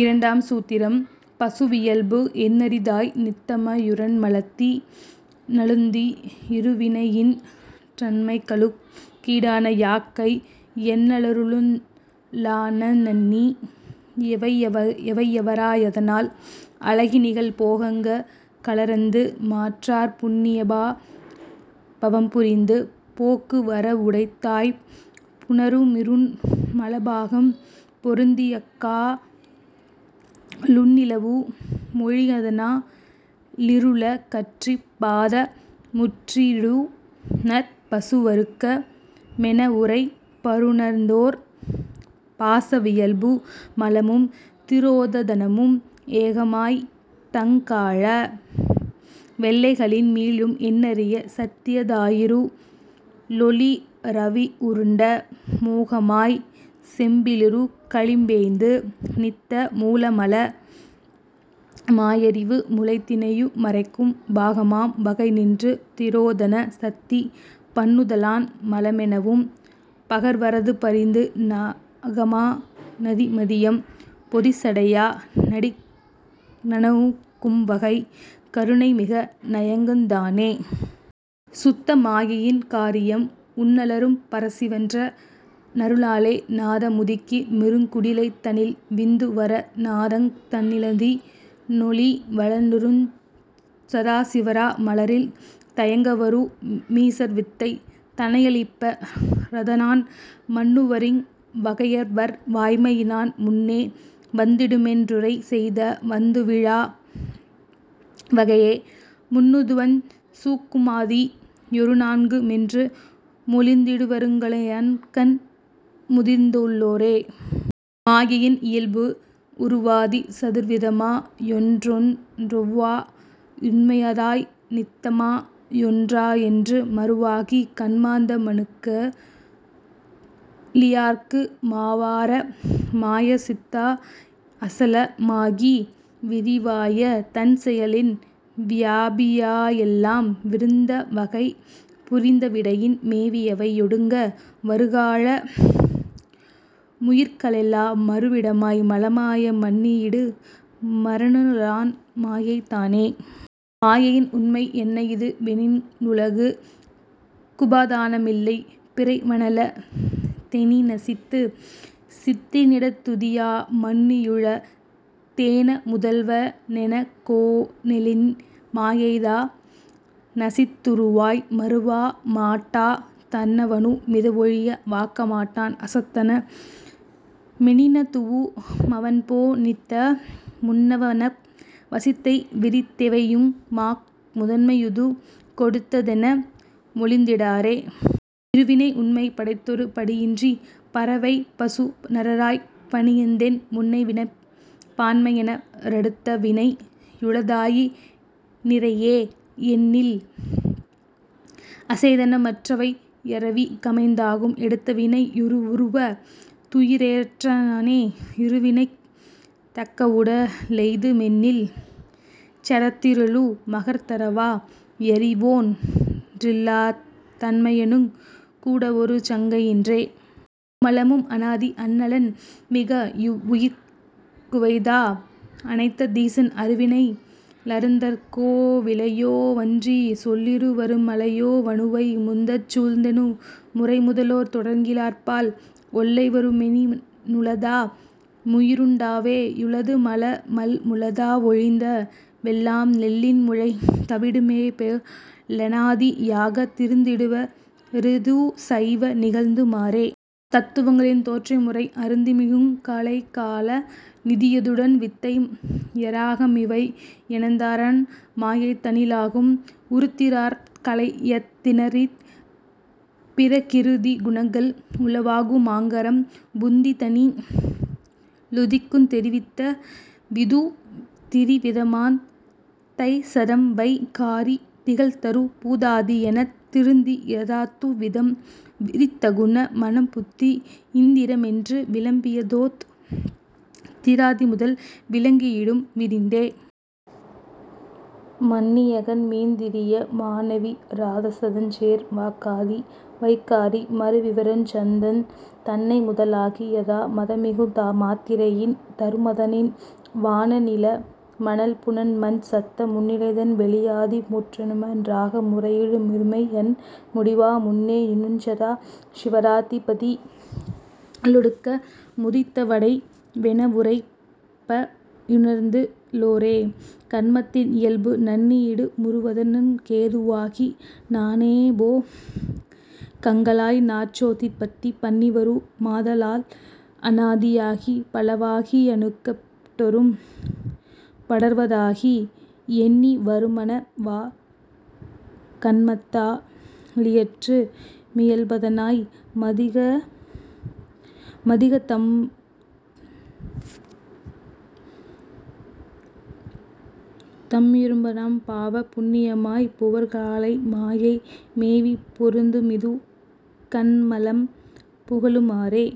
இரண்டாம் சூத்திரம் பசுவியல்பு எண்ணரிதாய் நித்தமா யிருண்மலத்தி னழுந்தி யிருவினையின் றன்மைகளுக் கீடான யாக்கை யண்ணலரு ளானண்ணி யவையவரா யதனால் அலகினிகழ் போகங்க ளருந்து மாற்றாற் புண்ணியபா வம்புரிந்து போக்குவரவுடைத்தாய்ப் புணருமிருண் மலபாகம் பொருந்தியக்கா லுண்ணிலவு மொளியதனா லிருளகற்றிப் பாத முற்றிடுநற் பசுவருக்க மெனவுரைப்பருணர்ந்தோர். பாச வியல்பு மலமும் திரோதனமும் ஏகமாய்த் தங்கால வெல்லைகளின் மீளும் எண்ணரிய சத்தியதாயிரு ளொளிரவிருண்ட மோகமாய்ச் செம்பிலுரு களிம்பேய்ந்து நித்த மூலமல மாயறிவு முழுதினையு மறைக்கும் பாகமாம் வகைநின்று திரோதான சத்தி பண்ணுதலான் மலமெனவும் பகர்வரதுபரிந்து நாகமா நதிமதியம் பொதிசடையா னடிக ணணுகும்வகை கருணைமிக நயக்குந் தானே. சுத்தமாயையின் காரியம் உன்னலரும் பரசிவன்ற னருளாலே நாத முதிக்கு மிருங் குடிலைதனில் விந்துவரு நாதந் தன்னிலதி னொளிவளருஞ் சதாசிவரா மவரில் தயங்கவரு மீசர்வித்தை தனையளிப்ப ரதனான் மன்னுவரிவ் வகையைவர் வாய்மையினான் முன்னே வந்திடுமென் றுரைசெய்த விந்துவழா வகையே முன்னுதவுஞ் சூக்குமாதி யொருநான்கு மென்று மொழிந்திடுவரருங்கலைகண் முதிர்ந்துளோரே. மாயையின் இயல்பு உருவாதி சதுர்விதமா யொன்றொன்றொவ்வா உண்மையதாய் நித்தமா யொன்றா யென்று மருவாகிக் கன்மாந்த மணுக்க ளியார்க்கு மாவார மாயசித்தா யசல மாகி விரிவாய தன்செயலின் வியாபியா யெல்லாம் விரிந்தவகை புரிந்தடைவின் மேவியவை யொடுங்க வருகால முயிர்களெல்லா மருவிடமாய் மலமாய மன்னியிடு மரனருளான் மாயை தானே. மாயையின் உண்மை என்னையிது வெனினுலகுக் குபாதான மில்லை பிறைவனல தெனினசித்துத் சித்தினிடத் துதியா மன்னியுள தேனமுதல்வ னெனகொ லென்னின் மாயைதா னசித்துருவாய் மருவ மாட்டா தன்னவனு மிதுவொழிய வாக்க மாட்டான் அசத்தனா மெனினதுவு மவன்போ னித்த முன்னவனவ் வசித்தைவிரித் தெவையு மாக்கு முதன்மையது கொடுத்ததென மொழிந்திடாரே. இருவினை உண்மை படைத்ததொரு படியின்றிப் பறவைபசு நரராய்ப் பண்ணியதென் முன்னைவினைப் பான்மையென்ப ரடுத்தவினை யுளதாயி னிறையே னென்னில் அசேதனமற் றவையாவிக் கமைந் தாகும் எடுத்தவினை யுறுவுறுவ துயிரேற் றானே யிருவினைக்குத் தக்கவுட லெய்து மென்னில் சடத்திரளு மகர்த்தாவா யறிவொன் றில்லாத் தன்மையனுங் கூடவொரு சங்கை யின்றே. மும்மலமும் அநாதி அல்லன்மிக வுயிர்க்கிவைதா னனைத்த தீசன் அருவினைக ளருந்துதற்கோ விளையோ வன்றிச் சொல்லிவரு மாயையோ வணுவை முந்தச் சூழ்ந்ததெனு முரைமுதலோர் தொடக்கிலார்பால் ஒல்லைவரு மெனினுளதா முயிருண் டாவே யுளதுமல மலமுளதா வொழிந்த வெல்லாம் நெல்லின்முளை தவிடுமிபோ லநாதி யாக நிறுத்திடுவ ரிதுசைவ நிகழ்த்து மாறே. தத்துவங்களின் தோற்றமுறை அருத்திமிகுங் கலைகால நியதியுடன் வித்தை யராகமிவை யனந்தரான் மாயைதனி லாகும் உருத்திரராற் கலையதனிற் பிரகிருதி குணங்கள் உளவாகு மாங்காரம் புந்திதனி லுதிக்குந் தெரித்தவிது திரிவிதமாந் தைசதம்வை காரி திகழ்தரு பூதாதி யெனத் திருந்தி யசாத்துவிதம் விரித்தகுண மனம்புத்தி யிந்திரிய மென்று விளம்பியசோத் திராதிமுதல் விளங்கியிடும் விரிந்தே! மன்னியகன் மேந்திரிய மானவிரா சதஞ்சேர் வாக்காதி வைகாரி மருவிவருஞ் சத்தந் தன்னைமுத லாகியதா மதமிகுமாத் திரைபின் தருமதனின் வானநில மனல்புனன்மண் சத்த முன்னதனில் வெளியாதி யொன்றொன் றாக முறையிலுறு மிருமையயன் முடிவா முன்னே யுன்னுசதா சிவராதி யதிபதிக ளொடுக்க முதித்தவடை வெனவுரைப்ப ருணர்ந்து ளோரே. கன்மத்தின் இயல்பு நண்ணியிடு முருவதனுக் கேது வாகி நானாபோ கங்களாய் நாசோற் பத்தி பண்ணிவரு மாதலால் அநாதி யாகிப் பலவாகி யணுக்கடொறும் படர்வதாகி யெண்ணிவரு மனவாச கன்மத்தா லியற்று மியல்பிதனாய் மதிகதமா யிருபயனாம் பாவ புண்ணியமாய்ப் புலர்காலை மாயை மேவிப் பொருந்துமிது கன்மமலம் புகலு மாறே.